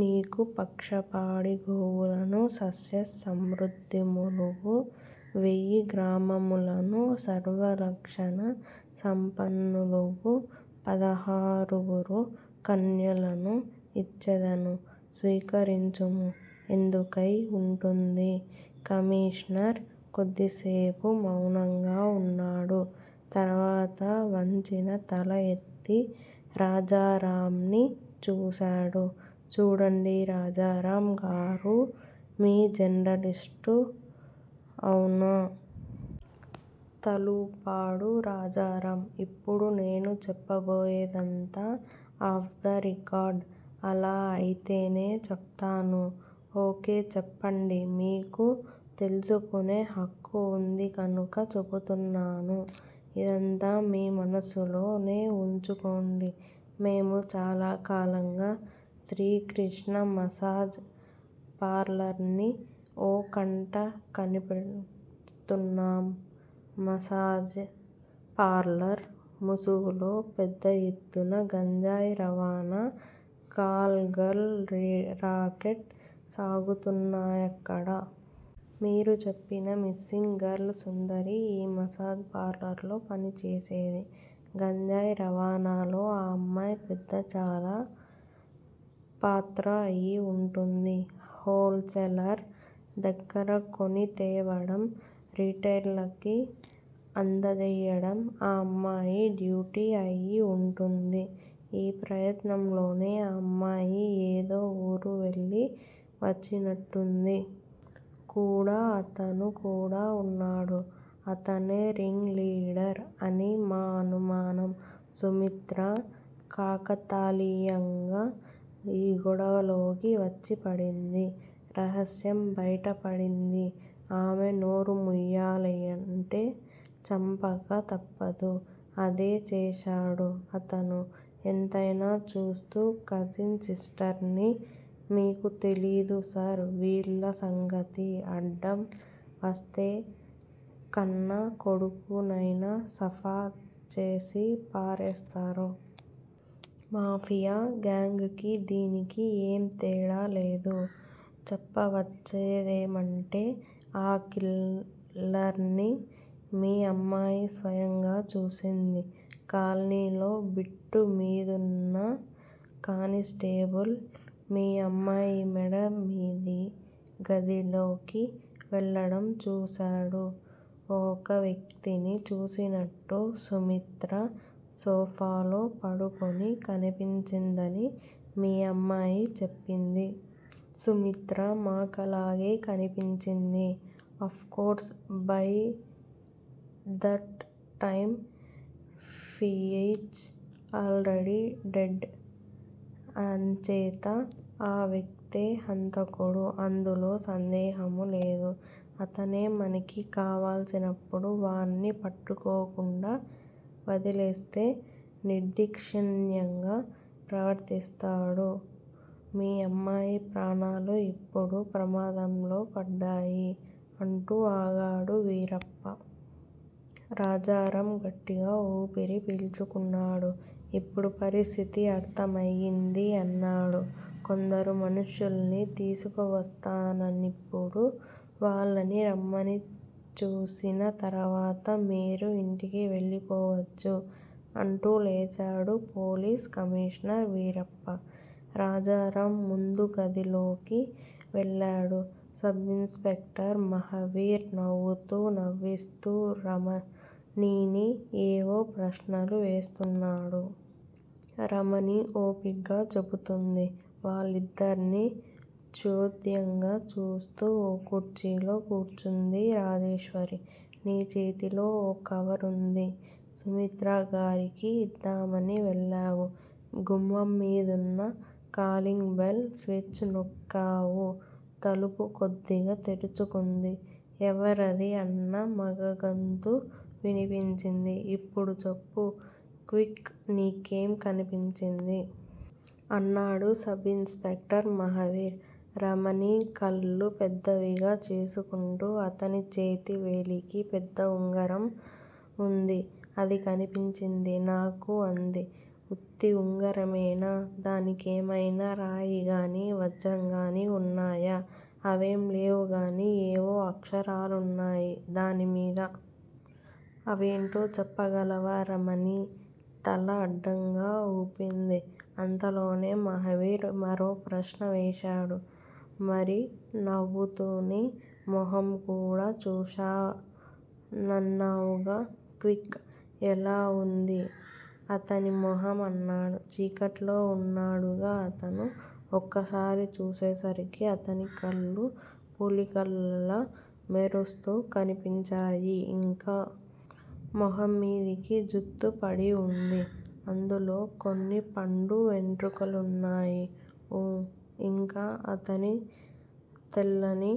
నీకు పక్ష పాడి గోవులనూ సస్య సమృద్ధములగు వేయి గ్రామములనూ సర్వలక్షణ సంపన్నలగు పదహారుగురు కన్యలనూ ఇచ్చెదను' స్వీకరించుము. ఎందుకై ఉంటుంది? కమిషనర్ కొద్దిసేపు మౌనంగా ఉన్నాడు తర్వాత వంచిన తల ఎత్తి రాజారామ్ ని చూశాడు. చూడండి రాజారామ్ గారూ మీరు జర్నలిస్టు. అవునా? తలూపాడు రాజారామ్. ఇప్పుడు నేను చెప్పబోయేదంతా ఆఫ్ ద రికార్డ్! అలా అయితేనే చెప్తాను. ఓకే-చెప్పండి మీకు తెలుసుకునే హక్కు ఉంది కనుక చెప్తున్నాను. ఇదంతా మీ మనస్సులోనే ఉంచుకోండి మేము చాలా కాలంగా 'శ్రీ కృష్ణా మాసేజ్ పార్లర్నీ' ఓ కంట కనిపెడ్తున్నాం. మాసేజ్ పార్లర్ ముసుగులో పెద్ద ఎత్తున గంజాయి రవాణా, కాల్ గర్ల్ రాకెట్ సాగుతున్నాయక్కడ. మీరు చెప్పినా మిస్సింగ్ గర్ల్ సుందరి ఈ మాసేజ్ పార్లర్ లో పనిచేసేది. గంజాయి రవాణాలో ఆ అమ్మాయి చాలా పెద్ద పాత్రే అయి వుంటుంది. Whole sailor దగ్గరకొనితేవడం. రిటెయిలర్లకి అందజేయ్యడం ఆ అమ్మాయి డ్యూటీ అయి ఉంటుంది. ఈ ప్రయత్నంలోనే ఆ అమ్మాయి ఏదో వూరు వెళ్ళి వచ్చినట్టుంది. కూడా 'అతను' కూడా వున్నాడు. 'అతనే' రింగ్ లీడర్ అని మా అనుమానం. సుమిత్ర కాకతాళీయంగా ఈ గొడవలోకి వచ్చి పడింది. రహస్యం బయట పడింది. ఆమె నోరుముయ్యాలంటే చంపక తప్పదు. అదే చేశాడు అతను ఎంతయినా చూస్తూ కజిన్ సిస్టర్ని, మీకు తెలీదు సార్ వీళ్ళ సంగతి అడ్డం వస్తే కన్నా కొడుకు నైనా సఫా చేసి పారేస్తారు. మాఫియా గ్యాంగ్ కి దీనికి ఏం తేడా లేదు. చెప్పవచ్చేదేమంటే-ఆ కిల్లర్ని మీ అమ్మాయి స్వయంగా చూసింది. కాలనీలో బీటు మీదున్న కానిస్టేబుల్ మీ అమ్మాయి మేడ మీది గదిలోకి వెళ్ళడం చూశాడు. ఒక వ్యక్తిని చూసినట్టూ, సుమిత్ర సోఫాలో పడుకొని కనిపించిందని మీ అమ్మాయి చెప్పింది. సుమిత్ర మకలాగే కన్పించింది. Of course by that time she is already dead! అంచేత ఆ వ్యక్తే హంతకుడు. అందులో సందేహము లేదు. అతనే మనకి కావాలిప్పుడు. వాణ్ని పట్టుకోకుండా వదిలేస్తే నిర్దాక్షిణ్యంగా ప్రవర్తిస్తాడు. మీ అమ్మాయి ప్రాణాలు ఇప్పుడు ప్రమాదంలో పడ్డాయి. అంటూ ఆగాడు వీరప్ప. రాజారామ్ గట్టిగా ఊపిరి పీల్చుకున్నాడు. ఇప్పుడు పరిస్థితి అర్ధమయింది. అన్నాడు. కొందరు మనుష్యుల్ని తీసుకువస్తానిప్పుడు వాళ్ళని రమణి చూసిన తరువాత మీరు ఇంటికి వెళ్ళిపోవచ్చు. అంటూ లేచాడు పోలీస్ కమిషనర్ వీరప్ప. రాజారామ్ ముందుగదిలోకి వెళ్ళాడు. సబ్ ఇన్ స్పెక్టర్ మహావీర్ నవ్వుతూ, నవ్విస్తూ, రమణిని ఏవో ప్రశ్నలు వేస్తున్నాడు. రమణి ఓపిగ్గా చెబుతోంది. వాళ్ళిద్దర్నీ చోద్యంగా చూస్తూ ఓ కుర్చీలో కూర్చుంది రాజేశ్వరి. నీ చేతిలో ఓ కవరుంది. సుమిత్ర గారికి ఇద్దామని వెల్లావు. గుమ్మం మీదున్న కాలింగ్ బెల్ స్విచ్ నోక్కావు. తలుపు కొద్దిగా తెరుచుకుంది. 'ఎవరది' అన్న మగ గొంతు వినిపించింది. ఇప్పుడు చెప్పు, క్విక్, నీకేం కన్పించింది? అన్నాడు sub inspector Mahavir. Ramani కళ్ళు పెద్దవిగా చేసుకుంటూ అతని చేతి వేలికి పెద్ద బంగారం ఉంగరం ఉంది. అది కన్పించింది నాకు అంది. ఉత్తి ఉంగరమేనా? దానికేమయినా రాయి గాని, వజ్రంగాని ఉన్నాయా? అవేం లేవుగాని, ఏవో అక్షరాలున్నాయి దాని మీద! అవేంటో చెప్పగలవా? రమణి తల అడ్డంగా ఊపింది. అంతలోనే మహావీర్ మరో ప్రశ్న వేశాడు. మరి, నవ్వుతూని మొహం కూడా చూశానన్నావుగా! క్విక్!! ఎలా ఉంది అతని మొహం? అన్నాడు. చీకట్లో ఉన్నాడుగా అతను! ఒక్కసారి చూసేసరికి అతని కళ్ళు పులి కళ్ళలా మెరుస్తూ కన్పించాయి ఇంకా? మొహం మీదికి జుత్తు పడి ఉంది. అందులో కొన్ని పండు వెంట్రుకలున్నాయి ఊఁ ఇంకా? అతను తెల్లని